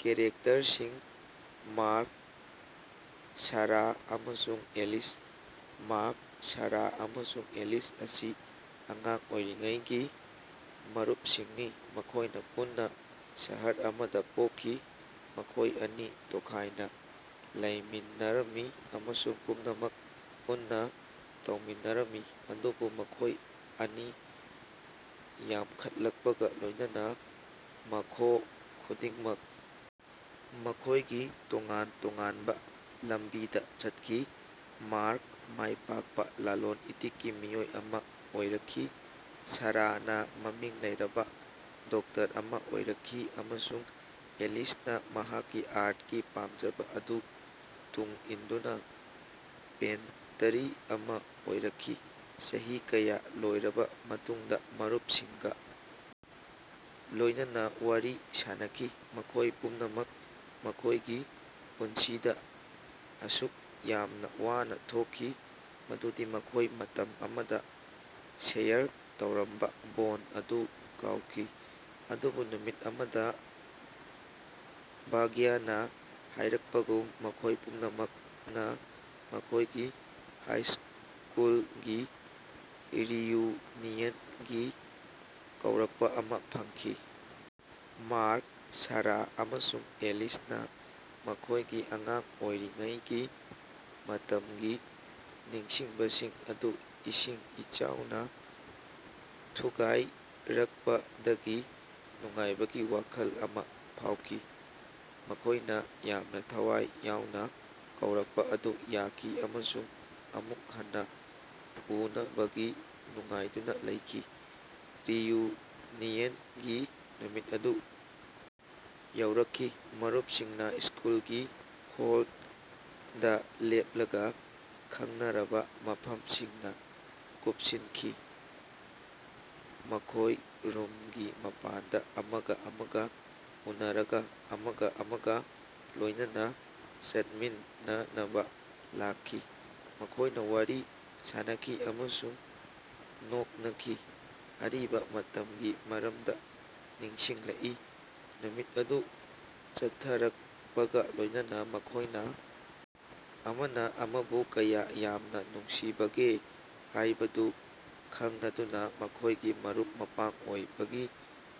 ꯀꯦꯔꯦꯛꯇꯔꯁꯤꯡ: mark, ꯁꯥꯔꯥ ꯑꯃꯁꯨꯡ Alice. Mark, ꯁꯥꯔꯥ ꯑꯃꯁꯨꯡ Alice ꯑꯁꯤ ꯑꯉꯥꯡ ꯑꯣꯏꯔꯤꯉꯩꯒꯤ ꯃꯔꯨꯞꯁꯤꯡꯅꯤ, ꯃꯈꯣꯏꯅꯥ ꯄꯨꯟꯅ ꯁꯍꯔ ꯑꯃꯗꯥ ꯄꯣꯛꯈꯤ꯫ ꯃꯈꯣꯌ ꯑꯅꯤ ꯇꯣꯈꯥꯏꯅ ꯂꯩꯃꯤꯟꯅꯔꯝꯃꯤ ꯑꯃꯁꯨꯡ ꯄꯨꯝꯅꯃꯛ ꯄꯨꯟꯅꯥ ꯇꯧꯃꯤꯟꯅꯔꯝꯃꯤ꯫ ꯑꯗꯨꯕꯨ ꯃꯈꯣꯏꯅ ꯆꯍꯤ ꯌꯥꯝꯈꯠꯂꯛꯄꯒ ꯂꯣꯏꯅꯅ ꯃꯈꯣ ꯈꯨꯗꯤꯡꯃꯛ ꯃꯈꯣꯏꯒꯤ ꯇꯣꯉꯥꯟ ꯇꯣꯉꯥꯟꯕ ꯂꯝꯕꯤꯗ ꯆꯠꯈꯤ꯫ ꯃꯥ꯭ꯔꯛ ꯃꯥꯏꯄꯥꯛꯄꯥ ꯂꯂꯣꯟ-ꯏꯇꯤꯛꯀꯤ ꯃꯤꯑꯣꯏ ꯑꯃꯥ ꯑꯣꯏꯔꯛꯈꯤ, ꯁꯥꯔꯥꯅꯥ ꯃꯃꯤꯡ ꯂꯩꯔꯕꯥ ꯗꯣꯛꯇꯔ ꯑꯃꯥ ꯑꯣꯏꯔꯛꯈꯤ ꯑꯃꯁꯨꯡ ꯑꯦꯂꯤꯁꯅꯥ ꯃꯍꯥꯛꯀꯤ ꯑꯥꯔꯠꯀꯤ ꯄꯥꯝꯖꯕ ꯑꯗꯨ ꯇꯨꯡ ꯏꯟꯗꯨꯅ ꯄꯦꯟꯇꯔꯤ ꯑꯃ ꯑꯣꯏꯔꯛꯈꯤ꯫ ꯆꯍꯤ ꯀꯌꯥ ꯂꯣꯏꯔꯕ ꯃꯇꯨꯡꯗꯥ ꯃꯔꯨꯞꯁꯤꯡꯒ ꯂꯣꯏꯅꯅ ꯋꯥꯔꯤ ꯁꯥꯅꯈꯤ꯫ ꯃꯈꯣꯌ ꯄꯨꯝꯅꯃꯛ ꯃꯈꯣꯏꯒꯤ ꯄꯨꯟꯁꯤꯗ ꯑꯁꯨꯛ ꯌꯥꯝꯅ ꯋꯥꯅ ꯊꯣꯛꯈꯤ ꯃꯗꯨꯗꯤ ꯃꯈꯣꯏꯅ ꯃꯇꯝ ꯑꯃꯗ ꯁꯦꯌꯔ ꯇꯧꯔꯝꯕ ꯕꯣꯟꯗ ꯑꯗꯨ ꯀꯥꯎꯈꯤ꯫ ꯑꯗꯨꯕꯨ ꯅꯨꯃꯤꯠ ꯑꯃꯗ, ꯚꯥꯒ꯭ꯌꯅ ꯍꯥꯏꯔꯛꯄꯒꯨꯝ, ꯃꯈꯣꯏ ꯄꯨꯝꯅꯃꯛꯅ ꯃꯈꯣꯏꯒꯤ ꯍꯥꯏꯁ꯭ꯀꯨꯂꯒꯤ ꯔꯤꯌꯨꯅꯤꯌꯟꯒꯤ ꯀꯧꯔꯛꯄ ꯑꯃ ꯐꯪꯈꯤ꯫ ꯃꯥ꯭ꯔꯛ, ꯁꯥꯔꯥ ꯑꯃꯁꯨꯡ ꯑꯦꯂꯤꯁꯅꯥ ꯃꯈꯣꯏꯒꯤ ꯑꯉꯥꯡ ꯑꯣꯏꯔꯤꯉꯩꯒꯤ ꯃꯇꯃꯒꯤ ꯅꯤꯡꯁꯤꯡꯕꯁꯤꯡ ꯑꯗꯨ ꯏꯁꯤꯡ ꯏꯆꯥꯎꯅꯥ ꯊꯨꯒꯥꯌꯔꯀꯄꯗꯒꯤ ꯅꯨꯡꯉꯥꯏꯕꯒꯤ ꯋꯥꯈꯜ ꯑꯃꯥ ꯐꯥꯑꯣꯈꯤ꯫ ꯃꯈꯣꯏꯅ ꯌꯥꯝꯅ ꯊꯋꯥꯏ ꯌꯥꯑꯣꯅꯥ ꯀꯧꯔꯛꯄꯥ ꯑꯗꯨ ꯌꯥꯈꯤ ꯑꯃꯁꯨꯡ ꯑꯃꯨꯛ ꯍꯟꯅ ꯎꯅꯕꯒꯤ ꯉꯥꯏꯗꯨꯅꯥ ꯂꯩꯈꯤ꯫ ꯔꯤꯌꯨꯅꯤꯌꯟꯒꯤ ꯅꯨꯃꯤꯠ ꯑꯗꯨ ꯌꯧꯔꯛꯈꯤ, ꯃꯔꯨꯞꯁꯤꯡꯅ ꯁ꯭ꯀꯨꯂꯒꯤ ꯍꯣꯜꯗ ꯂꯦꯞꯂꯒ ꯈꯡꯅꯔꯕꯥ ꯃꯐꯝꯁꯤꯡꯅꯥ ꯀꯨꯞꯁꯤꯅꯈꯤ꯫ ꯃꯈꯣꯏ ꯔꯨꯝꯒꯤ ꯃꯄꯥꯟꯗꯥ ꯑꯃꯒꯥ ꯑꯃꯒꯥ ꯎꯅꯔꯒꯥ ꯑꯃꯒꯥ ꯑꯃꯒꯥ ꯂꯣꯏꯅꯅꯥ ꯆꯠꯃꯤꯟꯅꯅꯕꯥ ꯂꯥꯛꯈꯤ꯫ ꯃꯈꯣꯏꯅꯥ ꯋꯥꯔꯤ ꯁꯥꯅꯈꯤ ꯑꯃꯁꯨꯡ ꯅꯣꯛꯅꯈꯤ, ꯑꯔꯤꯕꯥ ꯃꯇꯝꯒꯤ ꯃꯔꯝꯗ ꯅꯤꯡꯁꯤꯡꯂꯛꯏ꯫ ꯅꯨꯃꯤꯠ ꯑꯗꯨ ꯆꯠꯊꯔꯛꯄꯒꯥ ꯂꯣꯏꯅꯅꯥ ꯃꯈꯣꯏꯅꯥ ꯑꯃꯅꯥ ꯑꯃꯕꯨ ꯀꯌꯥ ꯌꯥꯝꯅꯥ ꯅꯨꯡꯁꯤꯖꯕꯒꯦ ꯍꯥꯏꯕꯗꯨ ꯈꯪꯂꯗꯨꯅꯥ ꯃꯈꯣꯏꯒꯤ ꯃꯔꯨꯞ-ꯃꯄꯥꯡ ꯑꯣꯏꯕꯒꯤ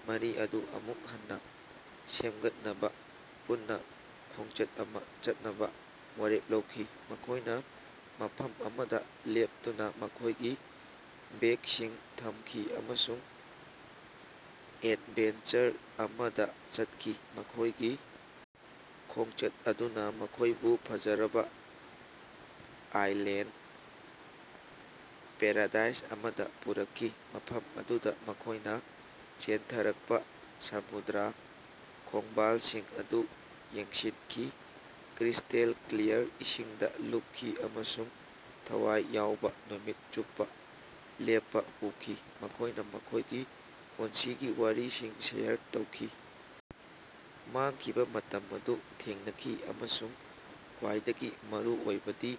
ꯃꯔꯤ ꯑꯗꯨ ꯑꯃꯨꯛ ꯍꯟꯅ ꯁꯦꯃꯒꯠꯅꯕ ꯄꯨꯟꯅꯥ ꯈꯣꯡꯆꯠ ꯑꯃꯥ ꯆꯠꯅꯕ ꯋꯥꯔꯦꯞ ꯂꯧꯈꯤ꯫ ꯃꯈꯣꯏꯅꯥ ꯃꯐꯝ ꯑꯃꯗ ꯂꯦꯄꯇꯨꯅ ꯃꯈꯣꯏꯒꯤ ꯕꯦꯒꯁꯤꯡ ꯊꯝꯈꯤ ꯑꯃꯁꯨꯡ ꯑꯦꯗꯚꯦꯟꯆꯔ ꯑꯃꯗ ꯆꯠꯈꯤ꯫ ꯃꯈꯣꯏꯒꯤ ꯈꯣꯡꯆꯠ ꯑꯗꯨꯅ ꯃꯈꯣꯏꯕꯨ ꯐꯖꯔꯕ ꯑꯥꯏꯂꯦꯟꯗ ꯄꯦꯔꯥꯗꯥꯏꯁ ꯑꯃꯗ ꯄꯨꯔꯛꯈꯤ, ꯃꯐꯝ ꯑꯗꯨꯗ ꯃꯈꯣꯏꯅꯥ ꯆꯦꯟꯊꯔꯛꯄꯥ ꯁꯃꯨꯗ꯭ꯔ ꯈꯣꯡꯕꯥꯂꯁꯤꯡ ꯑꯗꯨ ꯌꯦꯡꯁꯤꯅꯈꯤ, ꯀ꯭ꯔꯤꯁ꯭ꯇꯦꯜ ꯀ꯭ꯂꯤꯌꯥꯔ ꯏꯁꯤꯡꯗꯥ ꯂꯨꯞꯈꯤ ꯑꯃꯁꯨꯡ ꯊꯋꯥꯏ ꯌꯥꯑꯣꯕꯥ ꯅꯨꯃꯤꯠ ꯆꯨꯞꯄꯥ ꯂꯦꯞꯄꯥ ꯎꯈꯤ꯫ ꯃꯈꯣꯏꯅ ꯃꯈꯣꯏꯒꯤ ꯄꯨꯟꯁꯤꯒꯤ ꯋꯥꯔꯤꯁꯤꯡ ꯁꯦꯌꯔ ꯇꯧꯈꯤ, ꯃꯥꯡꯈꯤꯕꯥ ꯃꯇꯝ ꯑꯗꯨ ꯊꯦꯡꯅꯈꯤ ꯑꯃꯁꯨꯡ ꯈ꯭ꯋꯥꯏꯗꯒꯤ ꯃꯔꯨꯑꯣꯏꯕꯗꯤ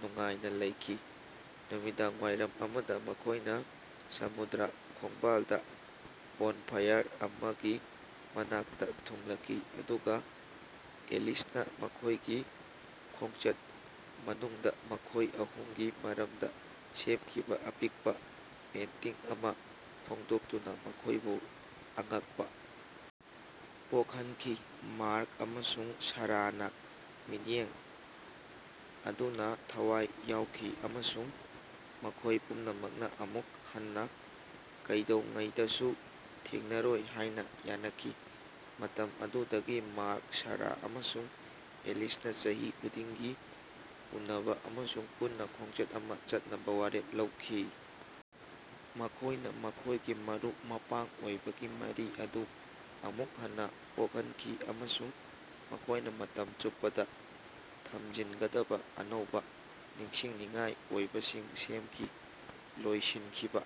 ꯅꯨꯡꯉꯥꯏꯅꯥ ꯂꯩꯈꯤ꯫ ꯅꯨꯃꯤꯗꯥꯡꯋꯥꯏꯔꯝ ꯑꯃꯗꯥ ꯃꯈꯣꯌꯅꯥ ꯁꯃꯨꯗ꯭ꯔ ꯈꯣꯡꯕꯥꯂꯗꯥ ꯕꯣꯟꯐꯥꯏꯌꯔ ꯑꯃꯒꯤ ꯃꯅꯥꯛꯇꯥ ꯊꯨꯡꯂꯈꯤ, ꯑꯗꯨꯒꯥ ꯑꯦꯂꯤꯁꯅꯥ ꯃꯈꯣꯌꯒꯤ ꯈꯣꯡꯆꯠ ꯃꯅꯨꯡꯗꯥ ꯃꯈꯣꯌ ꯑꯍꯨꯝꯒꯤ ꯃꯔꯝꯗꯥ ꯁꯦꯝꯈꯤꯕ ꯑꯄꯤꯛꯄꯥ ꯄꯦꯟꯇꯤꯡ ꯑꯃ ꯐꯣꯡꯗꯣꯛꯇꯨꯅ ꯃꯈꯣꯏꯕꯨ ꯑꯉꯛꯄꯥ ꯄꯣꯛꯍꯟꯈꯤ꯫ ꯃꯥ꯭ꯔꯛ ꯑꯃꯁꯨꯡ ꯁꯥꯔꯥꯅꯥ ꯃꯤꯠꯌꯦꯡ ꯑꯗꯨꯅꯥ ꯊꯋꯥꯏ ꯌꯥꯎꯈꯤ, ꯑꯃꯁꯨꯡ ꯃꯈꯣꯌ ꯄꯨꯝꯅꯃꯛꯅꯥ ꯑꯃꯨꯛ ꯍꯟꯅ ꯀꯩꯗꯧꯉꯩꯗꯁꯨ ꯊꯦꯡꯅꯔꯣꯏ ꯍꯥꯏꯅ ꯌꯥꯅꯈꯤ꯫ ꯃꯇꯝ ꯑꯗꯨꯗꯒꯤ ꯃꯥ꯭ꯔꯛ, ꯁꯥꯔꯥ ꯑꯃꯁꯨꯡ ꯑꯦꯂꯤꯁꯅꯥ ꯆꯍꯤ ꯈꯨꯗꯤꯡꯒꯤ ꯎꯅꯕꯥ ꯑꯃꯁꯨꯡ ꯄꯨꯟꯅꯥ ꯈꯣꯡꯆꯠ ꯑꯃ ꯆꯠꯅꯕꯥ ꯋꯥꯔꯦꯞ ꯂꯧꯈꯤ꯫ ꯃꯈꯣꯏꯅ ꯃꯈꯣꯏꯒꯤ ꯃꯔꯨꯞ-ꯃꯄꯥꯡ ꯑꯣꯏꯕꯒꯤ ꯃꯔꯤ ꯑꯗꯨ ꯑꯃꯨꯛ ꯍꯟꯅꯥ ꯄꯣꯛꯍꯟꯈꯤ ꯑꯃꯁꯨꯡ ꯃꯈꯣꯏꯅꯥ ꯃꯇꯝ ꯆꯨꯞꯄꯗ ꯊꯝꯖꯤꯟꯒꯗꯕ ꯑꯅꯧꯕ ꯅꯤꯡꯁꯤꯡꯅꯤꯡꯉꯥꯏ ꯑꯣꯏꯕꯁꯤꯡ ꯁꯦꯝꯈꯤ꯫ ꯂꯣꯏꯁꯤꯟꯈꯤꯕ꯫